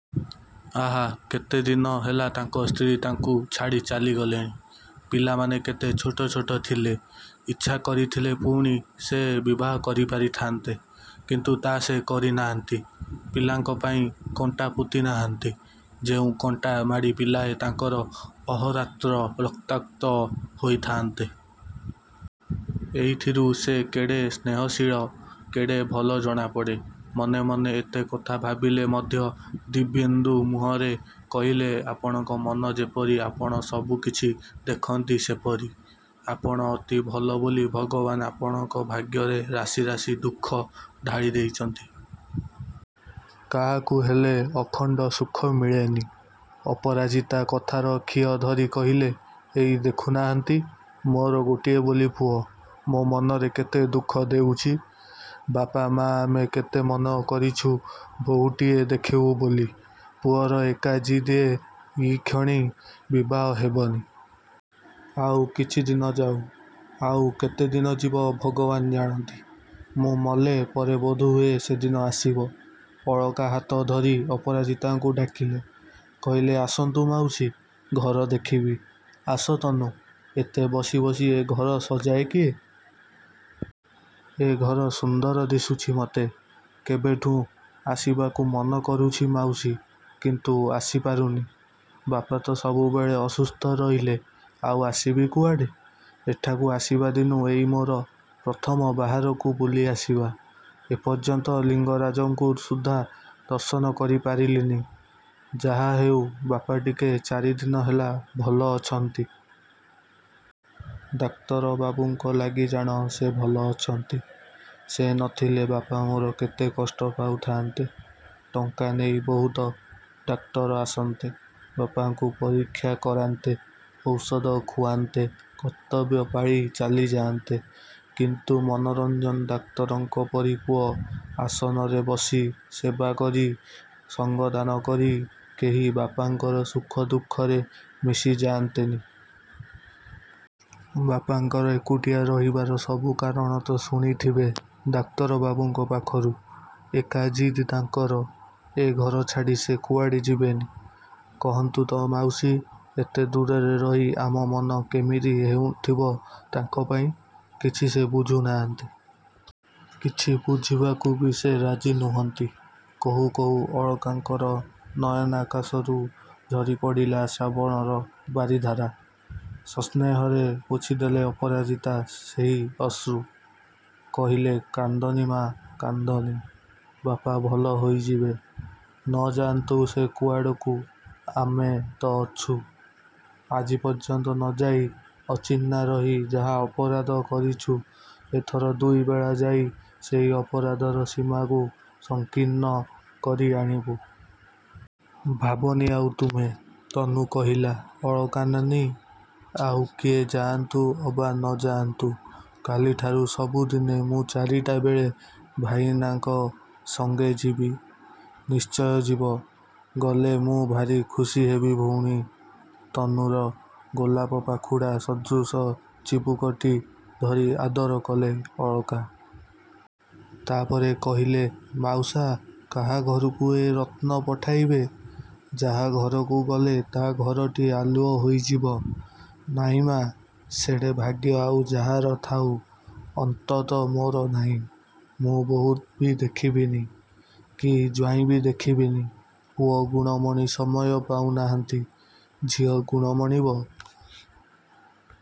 ଆହା, କେତେଦିନ ହେଲା ତାଙ୍କ ସ୍ତ୍ରୀ ତାଙ୍କୁ ଛାଡ଼ି ଚାଲି ଗଲେଣି। ପିଲାମାନେ କେତେ ଛୋଟ ଛୋଟ ଥିଲେ। ଇଚ୍ଛା କରିଥିଲେ ପୁଣି ସେ ବିବାହ କରିପାରିଥାନ୍ତେ; କିନ୍ତୁ ତା' ସେ କରିନାହାନ୍ତି। ପିଲାଙ୍କ ପାଇଁ କଣ୍ଟା ପୋତିନାହାନ୍ତି, ଯେଉଁ କଣ୍ଟା ମାଡ଼ି ପିଲାଏ ତାଙ୍କର ଅହୋରାତ୍ର ରକ୍ତାକ୍ତ ହୋଇଥାନ୍ତେ। ଏଇଥିରୁ ସେ କେଡ଼େ ସ୍ନେହଶୀଳ, କେଡ଼େ ଭଲ ଜଣାପଡ଼େ। ମନେ ମନେ ଏତେ କଥା ଭାବିଲେ ମଧ୍ୟ ଦିବ୍ୟେନ୍ଦୁ ମୁହଁରେ କହିଲେ ଆପଣଙ୍କ ମନ ଯେପରି ଆପଣ ସବୁ କିଛି ଦେଖନ୍ତି ସେପରି। ଆପଣ ଅତି ଭଲ ବୋଲି ଭଗବାନ ଆପଣଙ୍କ ଭାଗ୍ୟରେ ରାଶି ରାଶି ଦୁଃଖ ଢାଳି ଦେଇଛନ୍ତି। କାହାକୁ ହେଲେ ଅଖଣ୍ଡ ସୁଖ ମିଳେନି। ଅପରାଜିତା କଥାର ଖିଅ ଧରି କହିଲେ ଏଇ ଦେଖୁନାହାନ୍ତି, ମୋର ଗୋଟିଏ ବୋଲି ପୁଅ, ମୋ ମନରେ କେତେ ଦୁଃଖ ଦେଉଛି। ବାପ ମାଆ ଆମେ କେତେ ମନ କରିଛୁ ବୋହୂଟିଏ ଦେଖିବୁ ବୋଲି। ପୁଅର ଏକା ଜିଦ୍ଏ ଇକ୍ଷଣି ବିବାହ ହେବନି। ଆଉ କିଛିଦିନ ଯାଉ। ଆଉ କେତେଦିନ ଯିବ ଭଗବାନ ଜାଣନ୍ତି। ମୁଁ ମଲେ ପରେ ବୋଧହୁଏ ସେଦିନ ଆସିବ। ଅଳକା ହାତ ଧରି ଅପରାଜିତାଙ୍କୁ ଡାକିଲେ। କହିଲେ ଆସନ୍ତୁ ମାଉସୀ, ଘର ଦେଖିବି। ଆସ ତନୁ। ଏତେ ବସି ବସି ଏ ଘର ସଜାଏ କିଏ? ଏ ଘର ସୁନ୍ଦର ଦିଶୁଛି ମୋତେ। କେବେଠୁଁ ଆସିବାକୁ ମନ କରୁଛି ମାଉସୀ; କିନ୍ତୁ ଆସିପାରୁନି। ବାପା ତ ସବୁବେଳେ ଅସୁସ୍ଥ ରହିଲେ, ଆଉ ଆସିବି କୁଆଡ଼େ। ଏଠାକୁ ଆସିବାଦିନୁ ଏଇ ମୋର ପ୍ରଥମ ବାହାରକୁ ବୁଲିଆସିବା। ଏପର୍ଯ୍ୟନ୍ତ ଲିଙ୍ଗରାଜଙ୍କୁ ସୁଦ୍ଧା ଦର୍ଶନ କରିପାରିଲିନି। ଯାହା ହେଉ ବାପା ଟିକେ ଚାରିଦିନ ହେଲା ଭଲ ଅଛନ୍ତି। ଡାକ୍ତର ବାବୁଙ୍କ ଲାଗି ଜାଣ, ସେ ଭଲ ଅଛନ୍ତି। ସେ ନଥିଲେ ବାପା ମୋର କେତେ କଷ୍ଟ ପାଉଥାନ୍ତେ। ଟଙ୍କା ନେଇ ବହୁତ ଡାକ୍ତର ଆସନ୍ତେ, ବାପାଙ୍କୁ ପରୀକ୍ଷା କରାନ୍ତେ, ଔଷଧ ଖୁଆନ୍ତେ, କର୍ତ୍ତବ୍ୟ ପାଳି ଚାଲିଯାଆନ୍ତେ। କିନ୍ତୁ ମନୋରଞ୍ଜନ ଡାକ୍ତରଙ୍କ ପରି ପୁଅ ଆସନରେ ବସି, ସେବା କରି, ସଙ୍ଗଦାନ କରି କେହି ବାପାଙ୍କର ସୁଖ ଦୁଃଖରେ ମିଶିଯାଆନ୍ତେନି। ବାପାଙ୍କର ଏକୁଟିଆ ରହିବାର ସବୁ କାରଣ ତ ଶୁଣିଥିବେ ଡାକ୍ତରବାବୁଙ୍କ ପାଖରୁ। ଏକା ଜିଦ୍ ତାଙ୍କର ଏ ଘର ଛାଡ଼ି ସେ କୁଆଡ଼େ ଯିବେନି। କହନ୍ତୁ ତ ମାଉସୀ, ଏତେ ଦୂରରେ ରହି ଆମ ମନ କେମିତି ହେଉଥିବ ତାଙ୍କ ପାଇଁ। କିଛି ସେ ବୁଝୁନାହାନ୍ତି। କିଛି ବୁଝିବାକୁ ବି ସେ ରାଜି ନୁହନ୍ତି। କହୁ କହୁ ଅଳକାଙ୍କର ନୟନାକାଶରୁ ଝରିପଡ଼ିଲା ଶ୍ରାବଣର ବାରିଧାରା। ସସ୍ନେହରେ ପୋଛିଦେଲେ ଅପରାଜିତା ସେହି ଅଶ୍ରୁ। କହିଲେ କାନ୍ଦନି ମା', କାନ୍ଦନି। ବାପା ଭଲ ହୋଇଯିବେ। ନଯାନ୍ତୁ ସେ କୁଆଡ଼କୁ, ଆମେ ତ ଅଛୁ। ଆଜି ପର୍ଯ୍ୟନ୍ତ ନଯାଇ, ଅଚିହ୍ନା ରହି ଯାହା ଅପରାଧ କରିଛୁ ଏଥର ଦୁଇବେଳା ଯାଇ ସେହି ଅପରାଧର ସୀମାକୁ ସଂକୀର୍ଣ୍ଣ କରି ଆଣିବୁ। ଭାବନି ଆଉ ତୁମେ। ତନୁ କହିଲା ଅଳକା ନାନୀ, ଆଉ କିଏ ଯାଆନ୍ତୁ ଅବା ନ ଯାଆନ୍ତୁ, କାଲିଠାରୁ ସବୁଦିନେ ମୁଁ ଚାରିଟା ବେଳେ ଭାଇନାଙ୍କ ସଙ୍ଗେ ଯିବି। ନିଶ୍ଚୟ ଯିବ। ଗଲେ ମୁଁ ଭାରି ଖୁସି ହେବି ଭଉଣୀ। ତନୁର ଗୋଲାପ ପାଖୁଡ଼ା ସଦୃଶ ଚିବୁକଟି ଧରି ଆଦର କଲେ ଅଳକା। ତା'ପରେ କହିଲେ ମାଉସା, କାହା ଘରକୁ ଏ ରତ୍ନ ପଠାଇବେ? ଯାହା ଘରକୁ ଗଲେ ତା' ଘରଟି ଆଲୁଅ ହୋଇଯିବ। ନାଇଁ ମା', ସେଡ଼େ ଭାଗ୍ୟ ଆଉ ଯାହାର ଥାଉ, ଅନ୍ତତ ମୋର ନାହିଁ। ମୁଁ ବୋହୂ ବି ଦେଖିବିନି, କି ଜ୍ୱାଇଁ ବି ଦେଖିବିନି। ପୁଅ ଗୁଣମଣି ସମୟ ପାଉନାହାନ୍ତି। ଝିଅ ଗୁଣମଣି ବ |